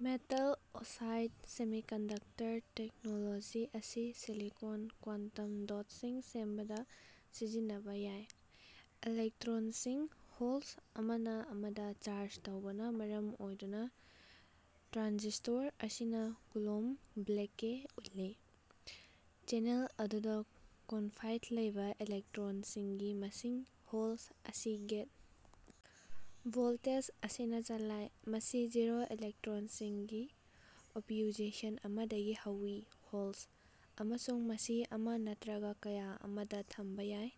Metal oxide semiconductor technology ꯑꯁꯤ silicon quantum ꯗꯣꯠꯁꯤꯡ ꯁꯦꯝꯕꯗ ꯁꯤꯖꯤꯟꯅꯕ ꯌꯥꯏ꯫ ꯏꯂꯦꯛꯇ꯭ꯔꯣꯟꯁꯤꯡ (ꯍꯣꯜꯁ) ꯑꯃꯅ ꯑꯃꯗ ꯆꯥꯔꯖ ꯇꯧꯕꯅ ꯃꯔꯝ ꯑꯣꯏꯗꯨꯅ ꯇ꯭ꯔꯥꯟꯖꯤꯁ꯭ꯇꯣꯔ ꯑꯁꯤꯅ ꯀꯨꯂꯣꯝꯕ ꯕ꯭ꯂꯦꯀꯦ ꯎꯠꯂꯤ꯫ ꯆꯦꯅꯦꯜ ꯑꯗꯨꯗ ꯀꯣꯟꯐꯥꯏꯟꯗ ꯂꯩꯕ ꯏꯂꯦꯛꯇ꯭ꯔꯣꯟꯁꯤꯡꯒꯤ ꯃꯁꯤꯡ (ꯍꯣꯜꯁ) ꯑꯁꯤ ꯒꯦꯠ ꯚꯣꯜꯇꯦꯖ ꯑꯁꯤꯅ ꯆꯂꯥꯏ, ꯃꯁꯤ ꯖꯤꯔꯣ ꯏꯂꯦꯛꯇ꯭ꯔꯣꯟꯁꯤꯡꯒꯤ ꯑꯣꯄ꯭ꯌꯨꯖꯦꯁꯟ ꯑꯃꯗꯒꯤ ꯍꯧꯏ (ꯍꯣꯜꯁ) ꯑꯃꯁꯨꯡ ꯃꯁꯤ ꯑꯃ ꯅꯠꯇ꯭ꯔꯒ ꯀꯌꯥ ꯑꯃꯗ ꯊꯝꯕ ꯌꯥꯏ꯫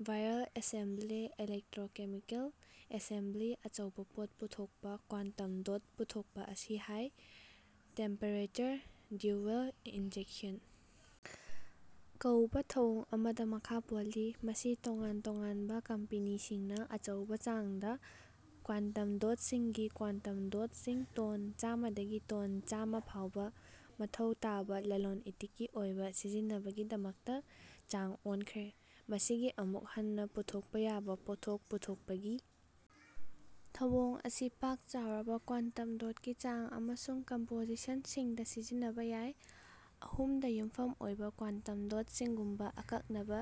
ꯚꯥꯏꯔꯜ ꯑꯦꯁꯦꯝꯕ꯭ꯂꯤ ꯏꯂꯦꯛꯇ꯭ꯔꯣꯀꯦꯃꯤꯀꯦꯜ ꯑꯦꯁꯦꯝꯕ꯭ꯂꯤ ꯑꯆꯧꯕ ꯄꯣꯠ ꯄꯨꯊꯣꯛꯄ ꯀ꯭ꯋꯥꯟꯇꯝ ꯗꯣꯠ ꯄꯨꯊꯣꯛꯄ ꯑꯁꯤ ꯍꯥꯏ ꯇꯦꯝꯄꯔꯦꯆꯔ ꯗ꯭ꯌꯨꯋꯦꯜ ꯏꯟꯖꯦꯛꯁꯟ ꯀꯧꯕ ꯊꯧꯑꯣꯡ ꯑꯃꯗ ꯃꯈꯥ ꯄꯣꯜꯂꯤ, ꯃꯁꯤ ꯇꯣꯉꯥꯟ-ꯇꯣꯉꯥꯟꯕ ꯀꯝꯄꯅꯤꯁꯤꯡꯅ ꯑꯆꯧꯕ ꯆꯥꯡꯗ (ꯀ꯭ꯋꯥꯟꯇꯝ ꯗꯣꯠꯁꯤꯡꯒꯤ ꯀ꯭ꯋꯥꯟꯇꯝ ꯗꯣꯠꯁꯤꯡ ꯇꯣꯟ ꯆꯥꯃꯗꯒꯤ ꯇꯣꯟ ꯆꯥꯝꯃ ꯐꯥꯎꯕ) ꯃꯊꯧ ꯇꯥꯕ ꯂꯂꯣꯟ-ꯏꯇꯤꯛꯀꯤ ꯑꯣꯏꯕ ꯁꯤꯖꯤꯟꯅꯕꯒꯤꯗꯃꯛꯇ ꯆꯥꯡ ꯑꯣꯟꯈ꯭ꯔꯦ꯫ ꯃꯁꯤꯒꯤ ꯑꯃꯨꯛ ꯍꯟꯅ ꯄꯨꯊꯣꯛꯄ ꯌꯥꯕ ꯄꯣꯠꯊꯣꯛ ꯄꯨꯊꯣꯛꯄꯒꯤ ꯊꯧꯑꯣꯡ ꯑꯁꯤ ꯄꯥꯛ-ꯆꯥꯎꯔꯕ ꯀ꯭ꯋꯥꯟꯇꯝ ꯗꯣꯠꯀꯤ ꯆꯥꯡ ꯑꯃꯁꯨꯡ ꯀꯝꯄꯣꯖꯤꯁꯟꯁꯤꯡꯗ ꯁꯤꯖꯤꯟꯅꯕ ꯌꯥꯏ꯫ ꯑꯍꯨꯝ-ꯗ ꯌꯨꯝꯐꯝ ꯑꯣꯏꯕ ꯀ꯭ꯋꯥꯟꯇꯝ ꯗꯣꯠꯁꯤꯡꯒꯨꯝꯕ ꯑꯀꯛꯅꯕ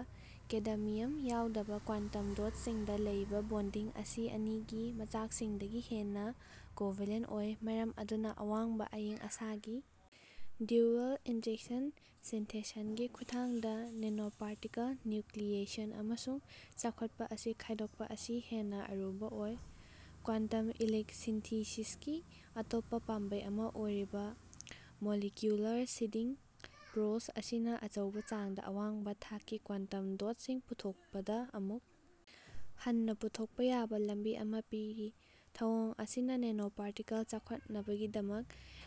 ꯀꯦꯗꯃꯤꯌꯝ ꯌꯥꯎꯗꯕ ꯀ꯭ꯋꯥꯟꯇꯝ ꯗꯣꯠꯁꯤꯡꯗ ꯂꯩꯕ ꯕꯣꯟꯗꯤꯡ ꯑꯁꯤ ꯑꯅꯤ-ꯒꯤ ꯃꯆꯥꯛꯁꯤꯡꯗꯒꯤ ꯍꯦꯟꯅ ꯀꯣꯚꯂꯦꯟ ꯑꯣꯏ, ꯃꯔꯝ ꯑꯗꯨꯅ ꯑꯋꯥꯡꯕ ꯑꯏꯪ ꯑꯁꯥꯒꯤ ꯗ꯭ꯌꯨꯋꯦꯜ ꯏꯟꯖꯦꯛꯁꯟ ꯁꯤꯟꯊꯦꯁꯟꯒꯤ ꯈꯨꯠꯊꯥꯡꯗ ꯅꯦꯅꯣꯄꯥꯔꯇꯤꯀꯜ ꯅ꯭ꯌꯨꯀ꯭ꯂꯤꯌꯦꯁꯟ ꯑꯃꯁꯨꯡ ꯆꯥꯎꯈꯠꯄ ꯑꯁꯤ ꯈꯥꯏꯗꯣꯛꯄ ꯑꯁꯤ ꯍꯦꯟꯅ ꯑꯔꯨꯕ ꯑꯣꯏ꯫ ꯀ꯭ꯋꯥꯟꯇꯝ ꯏꯂꯤꯛ ꯁꯤꯟꯊꯤꯁꯤꯁꯀꯤ ꯑꯇꯣꯞꯄ ꯄꯥꯝꯕꯩ ꯑꯃ ꯑꯣꯏꯔꯤꯕ, ꯃꯣꯂꯤꯀ꯭ꯌꯨꯂꯔ ꯁꯤꯗꯤꯡ ꯄ꯭ꯔꯣꯁ ꯑꯁꯤꯅ ꯑꯆꯧꯕ ꯆꯥꯡꯗ ꯑꯋꯥꯡꯕ ꯊꯥꯛꯀꯤ ꯀ꯭ꯋꯥꯟꯇꯝ ꯗꯣꯠꯁꯤꯡ ꯄꯨꯊꯣꯛꯄꯗ ꯑꯃꯨꯛ ꯍꯟꯅ ꯄꯨꯊꯣꯛꯄ ꯌꯥꯕ ꯂꯝꯕꯤ ꯑꯃ ꯄꯤꯔꯤ꯫ ꯊꯧꯑꯣꯡ ꯑꯁꯤꯅ ꯅꯦꯅꯣꯄꯥꯔꯇꯤꯀꯜ ꯆꯥꯎꯈꯠꯅꯕꯒꯤꯗꯃꯛ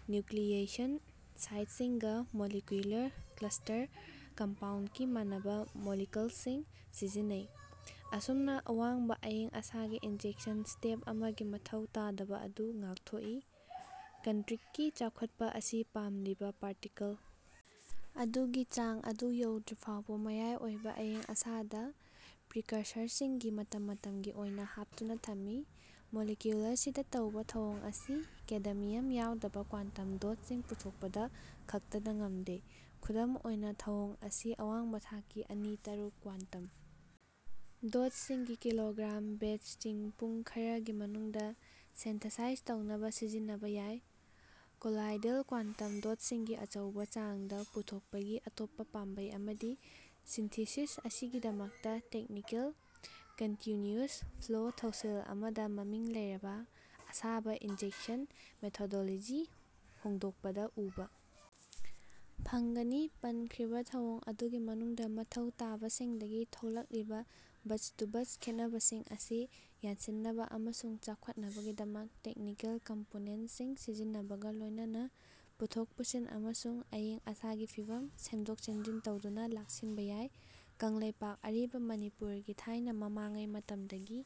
ꯅ꯭ꯌꯨꯀ꯭ꯂꯤꯌꯦꯁꯟ ꯁꯥꯏꯠꯁꯤꯡꯒ ꯃꯣꯂꯤꯀ꯭ꯌꯨꯂꯔ ꯀ꯭ꯂꯁꯇꯔ ꯀꯝꯄꯥꯎꯟꯠꯀꯤ ꯃꯥꯟꯅꯕ ꯃꯣꯂꯤꯀꯜꯁꯤꯡ ꯁꯤꯖꯤꯟꯅꯩ, ꯑꯁꯨꯝꯅ ꯑꯋꯥꯡꯕ ꯑꯏꯪ-ꯑꯁꯥꯒꯤ ꯏꯟꯖꯦꯛꯁꯟ ꯁ꯭ꯇꯦꯞ ꯑꯃꯒꯤ ꯃꯊꯧ ꯇꯥꯗꯕ ꯑꯗꯨ ꯉꯥꯛꯊꯣꯛꯏ꯫ ꯀꯟꯇ꯭ꯔꯤꯛꯀꯤ ꯆꯥꯎꯈꯠꯄ ꯑꯁꯤ ꯄꯥꯝꯂꯤꯕ ꯄꯥꯔꯇꯤꯀꯜ ꯑꯗꯨꯒꯤ ꯆꯥꯡ ꯑꯗꯨ ꯌꯧꯗ꯭ꯔꯤꯐꯥꯎꯕ ꯃꯌꯥꯏ ꯑꯣꯏꯕ ꯑꯏꯪ-ꯑꯁꯥꯗ ꯄ꯭ꯔꯤꯀꯁꯔꯁꯤꯡꯒꯤ ꯃꯇꯝ-ꯃꯇꯝꯒꯤ ꯑꯣꯏꯅ ꯍꯥꯞꯇꯨꯅ ꯊꯝꯃꯤ꯫ ꯃꯣꯂꯤꯀ꯭ꯌꯨꯂꯔ ꯁꯤꯗ ꯇꯧꯕ ꯊꯧꯑꯣꯡ ꯑꯁꯤ ꯀꯦꯗꯃꯤꯌꯝ ꯌꯥꯎꯗꯕ ꯀ꯭ꯋꯥꯟꯇꯝ ꯗꯣꯠꯁꯤꯡ ꯄꯨꯊꯣꯛꯄꯗ ꯈꯛꯇꯗ ꯉꯝꯗꯦ, ꯈꯨꯗꯝ ꯑꯣꯏꯅ ꯊꯧꯑꯣꯡ ꯑꯁꯤ ꯑꯋꯥꯡꯕ ꯊꯥꯛꯀꯤ ꯑꯅꯤ- ꯇꯔꯨꯛ ꯀ꯭ꯋꯥꯟꯇꯝ ꯗꯣꯠꯁꯤꯡꯒꯤ ꯀꯤꯂꯣꯒ꯭ꯔꯥꯝ ꯕꯦꯆꯁꯤꯡ ꯄꯨꯡ ꯈꯔꯒꯤ ꯃꯅꯨꯡꯗ ꯁꯤꯟꯊꯦꯁꯥꯏꯖ ꯇꯧꯅꯕ ꯁꯤꯖꯤꯟꯅꯕ ꯌꯥꯏ꯫ ꯀꯣꯂꯣꯏꯗꯦꯜ ꯀ꯭ꯋꯥꯟꯇꯝ ꯗꯣꯠꯁꯤꯡꯒꯤ ꯑꯆꯧꯕ ꯆꯥꯡꯗ ꯄꯨꯊꯣꯛꯄꯒꯤ ꯑꯇꯣꯞꯄ ꯄꯥꯝꯕꯩ ꯑꯃꯗꯤ ꯁꯤꯟꯊꯤꯁꯤꯁ ꯑꯁꯤꯒꯤꯗꯃꯛꯇ ꯇꯦꯛꯅꯤꯀꯦꯜ ꯀꯟꯇ꯭ꯌꯨꯅ꯭ꯌꯨꯁ ꯐ꯭ꯂꯣ ꯊꯧꯁꯤꯜ ꯑꯃꯗ ꯃꯃꯤꯡ ꯂꯩꯔꯕ ꯑꯁꯥꯕ ꯏꯟꯖꯦꯛꯁꯟ ꯃꯦꯊꯣꯂꯣꯗꯤꯒꯤ ꯍꯣꯡꯗꯣꯛꯄꯗ ꯎꯕ ꯐꯪꯒꯅꯤ꯫ ꯄꯟꯈ꯭ꯔꯤꯕ ꯊꯧꯑꯣꯡ ꯑꯗꯨꯒꯤ ꯃꯅꯨꯡꯗ ꯃꯊꯧ ꯇꯥꯕꯁꯤꯡꯗꯒꯤ ꯊꯣꯛꯂꯛꯂꯤꯕ ꯕꯆ-ꯇꯨ-ꯕꯆ ꯈꯦꯠꯅꯕꯁꯤꯡ ꯑꯁꯤ ꯌꯥꯟꯁꯤꯟꯅꯕ ꯑꯃꯁꯨꯡ ꯆꯥꯎꯈꯠꯅꯕꯒꯤꯗꯃꯛ ꯇꯦꯛꯅꯤꯀꯦꯜ ꯀꯝꯄꯣꯅꯦꯟꯠꯁꯤꯡ ꯁꯤꯖꯤꯟꯅꯕꯒ ꯂꯣꯏꯅꯅ ꯄꯨꯊꯣꯛ-ꯄꯨꯁꯤꯟ ꯑꯃꯁꯨꯡ ꯑꯏꯪ-ꯑꯁꯥꯒꯤ ꯐꯤꯚꯝ ꯁꯦꯝꯗꯣꯛ-ꯁꯦꯝꯖꯤꯟ ꯇꯧꯗꯨꯅ ꯂꯥꯛꯁꯤꯟꯕ ꯌꯥꯏ꯫ ꯀꯪꯂꯩꯄꯥꯛ (ꯑꯔꯤꯕ ꯃꯅꯤꯄꯨꯔ) ꯒꯤ ꯊꯥꯢꯅ ꯃꯃꯥꯡꯉꯩ ꯃꯇꯝꯗꯒꯤ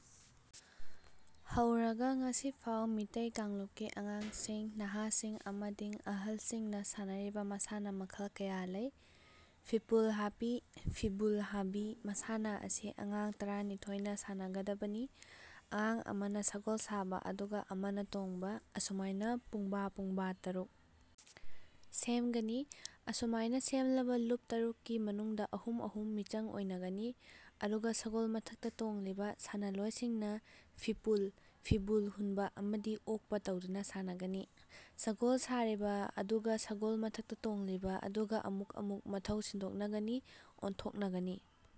ꯍꯧꯔꯒ ꯉꯁꯤꯐꯥꯎ ꯃꯤꯇꯩ ꯀꯥꯡꯂꯨꯞꯀꯤ ꯑꯉꯥꯡꯁꯤꯡ, ꯅꯍꯥꯁꯤꯡ ꯑꯃꯗꯤ ꯑꯍꯜꯁꯤꯡꯅ ꯁꯥꯟꯅꯔꯤꯕ ꯃꯁꯥꯟꯅ ꯃꯈꯜ ꯀꯌꯥ ꯂꯩ꯫ ꯐꯤꯄꯨꯜ ꯍꯥꯄꯤ (ꯐꯤꯕꯨꯜ ꯍꯥꯕꯤ) ꯃꯁꯥꯟꯅ ꯑꯁꯤ ꯑꯉꯥꯡ ꯇꯔꯥꯅꯤꯊꯣꯏꯅ ꯁꯥꯟꯅꯒꯗꯕꯅꯤ꯫ ꯑꯉꯥꯡ ꯑꯃꯅ ꯁꯒꯣꯜ ꯁꯥꯕ ꯑꯗꯨꯒ ꯑꯃꯅ ꯇꯣꯡꯕ, ꯑꯁꯨꯃꯥꯢꯅ ꯄꯨꯡꯕꯥ ꯄꯨꯡꯕꯥ ꯇꯔꯨꯛ ꯁꯦꯝꯒꯅꯤ꯫ ꯑꯁꯨꯃꯥꯢꯅ ꯁꯦꯝꯂꯕ ꯂꯨꯞ ꯇꯔꯨꯛ ꯀꯤ ꯃꯅꯨꯡꯗ ꯑꯍꯨꯝ - ꯑꯍꯨꯝ ꯃꯤꯆꯪ ꯑꯣꯢꯅꯒꯅꯤ꯫ ꯑꯗꯨꯒ ꯁꯒꯣꯜ ꯃꯊꯛꯇ ꯇꯣꯡꯂꯤꯕ ꯁꯥꯅꯂꯣꯢꯁꯤꯡꯅ ꯐꯤꯄꯨꯜ (ꯐꯤꯕꯨꯜ) ꯍꯨꯟꯕ ꯑꯃꯗꯤ ꯑꯣꯛꯄ ꯇꯧꯗꯨꯅ ꯁꯥꯟꯅꯒꯅꯤ꯫ ꯁꯒꯣꯜ ꯁꯥꯔꯤꯕ ꯑꯗꯨꯒ ꯁꯒꯣꯜ ꯃꯊꯛꯇ ꯇꯣꯡꯂꯤꯕ ꯑꯗꯨꯒ ꯑꯃꯨꯛ ꯑꯃꯨꯛ ꯃꯊꯧ ꯁꯤꯟꯗꯣꯛꯅꯒꯅꯤ ꯑꯣꯟꯊꯣꯛꯅꯒꯅꯤ꯫